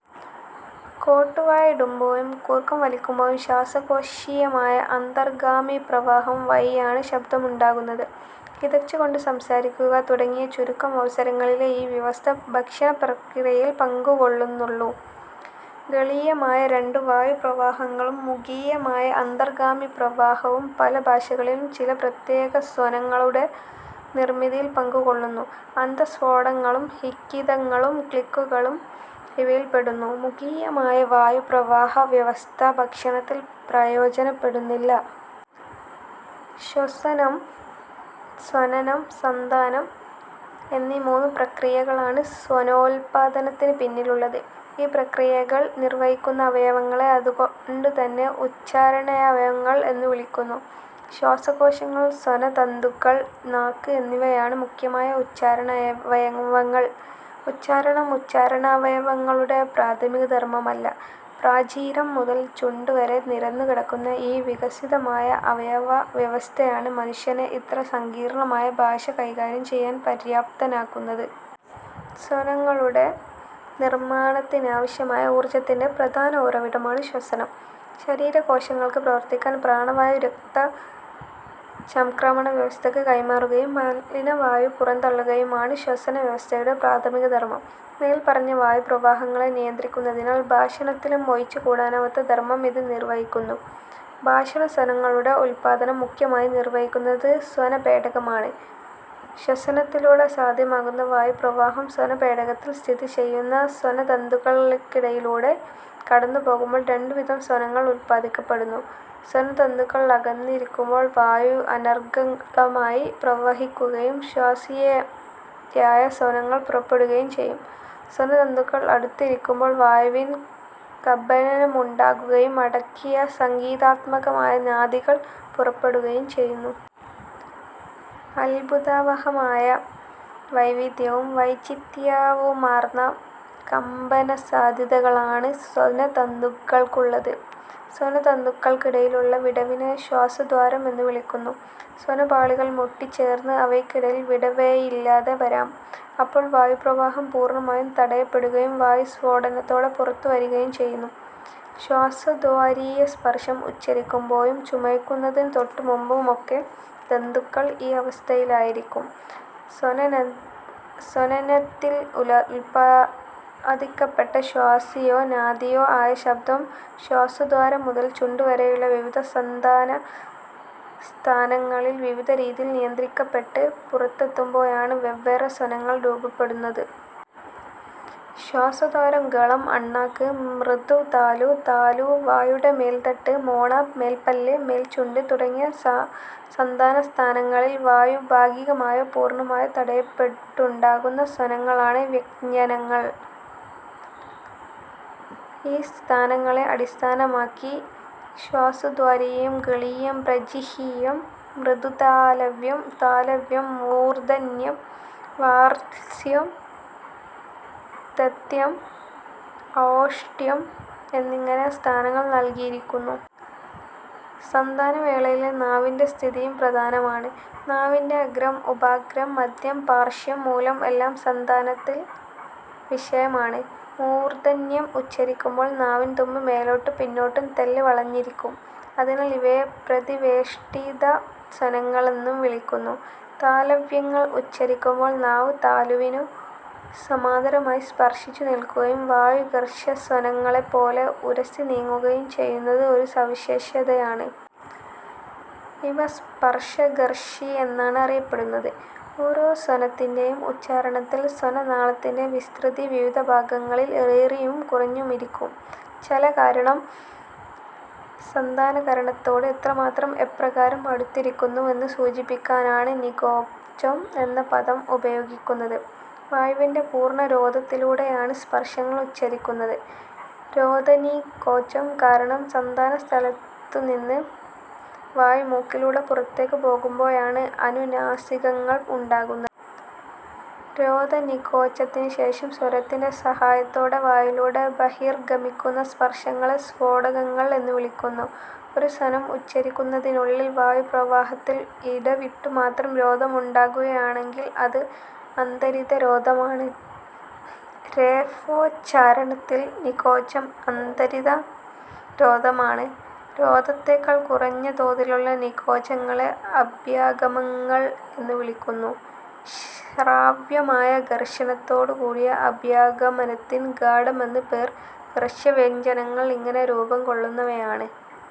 കോട്ടുവായിടുമ്പോഴും കൂർക്കംവലിക്കുമ്പോഴും ശ്വാസകോശീയമായ അന്തർഗാമിപ്രവാഹംവഴിയാണ് ശബ്ദമുണ്ടാകുന്നത്. കിതച്ചുകൊണ്ടു സംസാരിക്കുക, തുടങ്ങിയ ചുരുക്കം അവസരങ്ങളിലേ ഈ വ്യവസ്ഥ ഭാ ക്ഷയാ യണപ്രക്രിയയിൽ പങ്കുകൊള്ളുന്നുള്ളൂ. ഗളീയമായ രണ്ടു വായുപ്രവാഹങ്ങളും മുഖീയമായ അന്തർഗാമിപ്രവാഹവും പല ഭാഷകളിലും ചില പ്രത്യേകസ്വനങ്ങളുടെ നിർമ്മിതിയിൽ പങ്കുകൊള്ളുന്നു. അന്തസ്ഫോടങ്ങളും ഹിക്കിതങ്ങളും ക്ലിക്കുകളും ഇവയിൽപ്പെടുന്നു. മുഖീയമായ വായുപ്രവാഹവ്യവസ്ഥ ഭാഷണത്തിൽ പ്രയോജനപ്പെടുന്നില്ല. ശ്വസനം, സ്വനനം, സന്ധാനം എന്നീ മൂന്നു പ്രക്രിയകളാണ് സ്വനോല്പാദനത്തിനു പിന്നിലുള്ളത്. ഈ പ്രക്രിയകൾ നിർവ്വഹിക്കുന്ന അവയവങ്ങളെ അതുകൊണ്ടുതന്നെ ഉച്ചാരണാവയവങ്ങൾ എന്നു വിളിക്കുന്നു. ശ്വാസകോശങ്ങൾ, സ്വനതന്തുക്കൾ, നാക്ക് എന്നിവയാണ് മുഖ്യമായ ഉച്ചാരണാവയവങ്ങൾ. ഉച്ചാരണം ഉച്ചാരണാവയവങ്ങളുടെ പ്രാഥമികധർമ്മമല്ല. പ്രാചീരം മുതൽ ചുണ്ടുവരെ നിരന്നുകിടക്കുന്ന ഈ വികസിതമായ അവയവവ്യവസ്ഥയാണ് മനുഷ്യനെ ഇത്ര സങ്കീർണ്ണമായ ഭാഷ കൈകാര്യം ചെയ്യാൻ പര്യാപ്തനാക്കുന്നത്. സ്വനങ്ങളുടെ നിർമ്മാണത്തിനാവശ്യമായ ഊർജ്ജത്തിന്റെ പ്രധാന ഉറവിടമാണ് ശ്വസനം. ശരീരകോശങ്ങൾക്ക് പ്രവർത്തിക്കാൻ പ്രാണവായു രക്തചംക്രമണവ്യവസ്ഥയ്ക്ക് കൈമാറുകയും മലിനവായു പുറംതള്ളുകയുമാണ് ശ്വസനവ്യവസ്ഥയുടെ പ്രാഥമികധർമ്മം. മേൽപ്പറഞ്ഞ വായുപ്രവാഹങ്ങളെ നിയന്ത്രിക്കുന്നതിനാൽ ഭാഷണത്തിലും ഒഴിച്ചുകൂടാനാവാത്ത ധർമ്മം ഇത് നിർവ്വഹിക്കുന്നു. ഭാഷണസ്വനങ്ങളുടെ ഉല്പാദനം മുഖ്യമായും നിർവ്വഹിക്കുന്നത് സ്വനപേടകമാണ്. ശ്വസനത്തിലൂടെ സാധ്യമാകുന്ന വായുപ്രവാഹം സ്വനപേടകത്തിൽ സ്ഥിതി ചെയ്യുന്ന സ്വനതന്തുക്കൾക്കിടയിലൂടെ കടന്നുപോകുമ്പോൾ രണ്ടുവിധം സ്വനങ്ങൾ ഉല്പാദിക്കപ്പെടുന്നു: സ്വനതന്തുക്കൾ അകന്നിരിക്കുമ്പോൾ വായു അനർഗ്ഗളമായി പ്രവഹിക്കുകയും ശ്വാസിയായ സ്വനങ്ങൾ പുറപ്പെടുകയും ചെയ്യും; സ്വനതന്തുക്കൾ അടുത്തിരിക്കുമ്പോൾ വായുവിന് കമ്പനമുണ്ടാകുകയും അടക്കിയ സംഗീതാത്മകമായ നാദികൾ പുറപ്പെടുകയും ചെയ്യുന്നു. അത്ഭുതാവഹമായ വൈവിധ്യവും വൈചിത്ര്യവുമാർന്ന കമ്പനസാധ്യതകളാണ് സ്വനതന്തുക്കൾക്കുള്ളത്. സ്വനതന്തുക്കൾക്കിടയിലുള്ള വിടവിനെ ശ്വാസദ്വാരം എന്നു വിളിക്കുന്നു. സ്വനപാളികൾ മുട്ടിച്ചേർന്ന് അവയ്ക്കിടയിൽ വിടവേയില്ലാതെ വരാം. അപ്പോൾ വായുപ്രവാഹം പൂർണ്ണമായും തടയപ്പെടുകയും വായു സ്ഫോടനത്തോടെ പുറത്തുവരികയും ചെയ്യുന്നു. ശ്വാസദ്വാരീയസ്പർശം ഉച്ചരിക്കുമ്പോഴും ചുമയ്ക്കുന്നതിനു തൊട്ടുമുൻപും ഒക്കെ തന്തുക്കൾ ഈ അവസ്ഥയിലായിരിക്കും. സ്വനനത്തിൽ ഉല്പാദിക്കപ്പെട്ട ശ്വാസിയോ നാദിയോ ആയ ശബ്ദം ശ്വാസദ്വാരം മുതൽ ചുണ്ടുവരെയുള്ള വിവിധ സന്ധാനസ്ഥാനങ്ങളിൽ വിവിധ രീതിയിൽ നിയന്ത്രിക്കപ്പെട്ട് പുറത്തെത്തുമ്പോഴാണ് വെവ്വേറെ സ്വനങ്ങൾ രൂപപ്പെടുന്നത്. ശ്വാസദ്വാരം, ഗളം, അണ്ണാക്ക്, മൃദുതാലു, താലു, വായുടെ മേൽത്തട്ട്, മോണ, മേൽപ്പല്ല്, മേൽച്ചുണ്ട് തുടങ്ങിയ സന്ധാനസ്ഥാനങ്ങളിൽ വായു ഭാഗികമായോ പൂർണ്ണമായോ തടയപ്പെട്ടുണ്ടാകുന്ന സ്വനങ്ങളാണ് വ്യഞ്ജനങ്ങൾ. ഈ സ്ഥാനങ്ങളെ അടിസ്ഥാനമാക്കി ശ്വാസദ്വാരീയം, ഗളീയം, പ്രജിഹ്വീയം, മൃദുതാലവ്യം, താലവ്യം, മൂർദ്ധന്യം, വർത്സ്യം, ദന്ത്യം, ഓഷ്ഠ്യം എന്നിങ്ങനെ സ്ഥാനങ്ങൾ നൽകിയിരിക്കുന്നു. സന്ധാനവേളയിലെ നാവിന്റെ സ്ഥിതിയും പ്രധാനമാണ്. നാവിന്റെ അഗ്രം, ഉപാഗ്രം, മദ്ധ്യം, പാർശ്വം, മൂലം എല്ലാം സന്ധാനത്തിൽ വിഷയമാണ്. മൂർദ്ധന്യം ഉച്ചരിക്കുമ്പോൾ നാവിൻതുമ്പ് മേലോട്ടും പിന്നോട്ടും തെല്ല് വളഞ്ഞിരിക്കും. അതിനാൽ ഇവയെ പ്രതിവേഷ്ടിതസ്വനങ്ങളെന്നും വിളിക്കുന്നു. താലവ്യങ്ങൾ ഉച്ചരിക്കുമ്പോൾ നാവ് താലുവിനു സമാന്തരമായി സ്പർശിച്ചുനിൽക്കുകയും വായു ഘർഷസ്വനങ്ങളെപ്പോലെ ഉരസിനീങ്ങുകയും ചെയ്യുന്നത് ഒരു സവിശേഷതയാണ്. ഇവ സ്പർശഘർഷി എന്നാണ് അറിയപ്പെടുന്നത്. ഓരോ സ്വനത്തിന്റെയും ഉച്ചാരണത്തിൽ സ്വനനാളത്തിന്റെ വിസ്തൃതി വിവിധ ഭാഗങ്ങളിൽ ഏറിയും കുറഞ്ഞുമിരിക്കും. ചലകരണം സന്ധാനകരണത്തോട് എത്രമാത്രം, എപ്രകാരം അടുത്തിരിക്കുന്നുവെന്ന് സൂചിപ്പിക്കാനാണ് 'നികോചം' എന്ന പദം ഉപയോഗിക്കുന്നത്. വായുവിന്റെ പൂർണ്ണരോധത്തിലൂടെയാണ് സ്പർശങ്ങൾ ഉച്ചരിക്കുന്നത്. രോധനികോചം കാരണം സന്ധാനസ്ഥലത്തുനിന്ന് വായു മൂക്കിലൂടെ പുറത്തേക്ക് പോകുമ്പോഴാണ് അനുനാസികങ്ങൾ ഉണ്ടാകുന്നത്. രോധനികോചത്തിനുശേഷം സ്വരത്തിന്റെ സഹായത്തോടെ വായിലൂടെ ബഹിർഗമിക്കുന്ന സ്പർശങ്ങളെ സ്ഫോടകങ്ങൾ എന്നുവിളിക്കുന്നു. ഒരു സ്വനം ഉച്ചരിക്കുന്നതിനുള്ളിൽ വായുപ്രവാഹത്തിന് ഇടവിട്ടുമാത്രം രോധമുണ്ടാകുകയാണെങ്കിൽ അത് അന്തരിതരോധമാണ്. രേഫോച്ചാരണത്തിൽ നികോചം അന്തരിതരോധമാണ്. രോധത്തെക്കാൾ കുറഞ്ഞ തോതിലുള്ള നികോചങ്ങളെ അഭ്യാഗമങ്ങൾ എന്നുവിളിക്കുന്നു. ശ്രാവ്യമായ ഘർഷണത്തോടുകൂടിയ അഭ്യാഗമനത്തിന് ഗാഢമെന്നു പേർ. ഘർഷവ്യഞ്ജനങ്ങൾ ഇങ്ങനെ രൂപംകൊള്ളുന്നവയാണ്.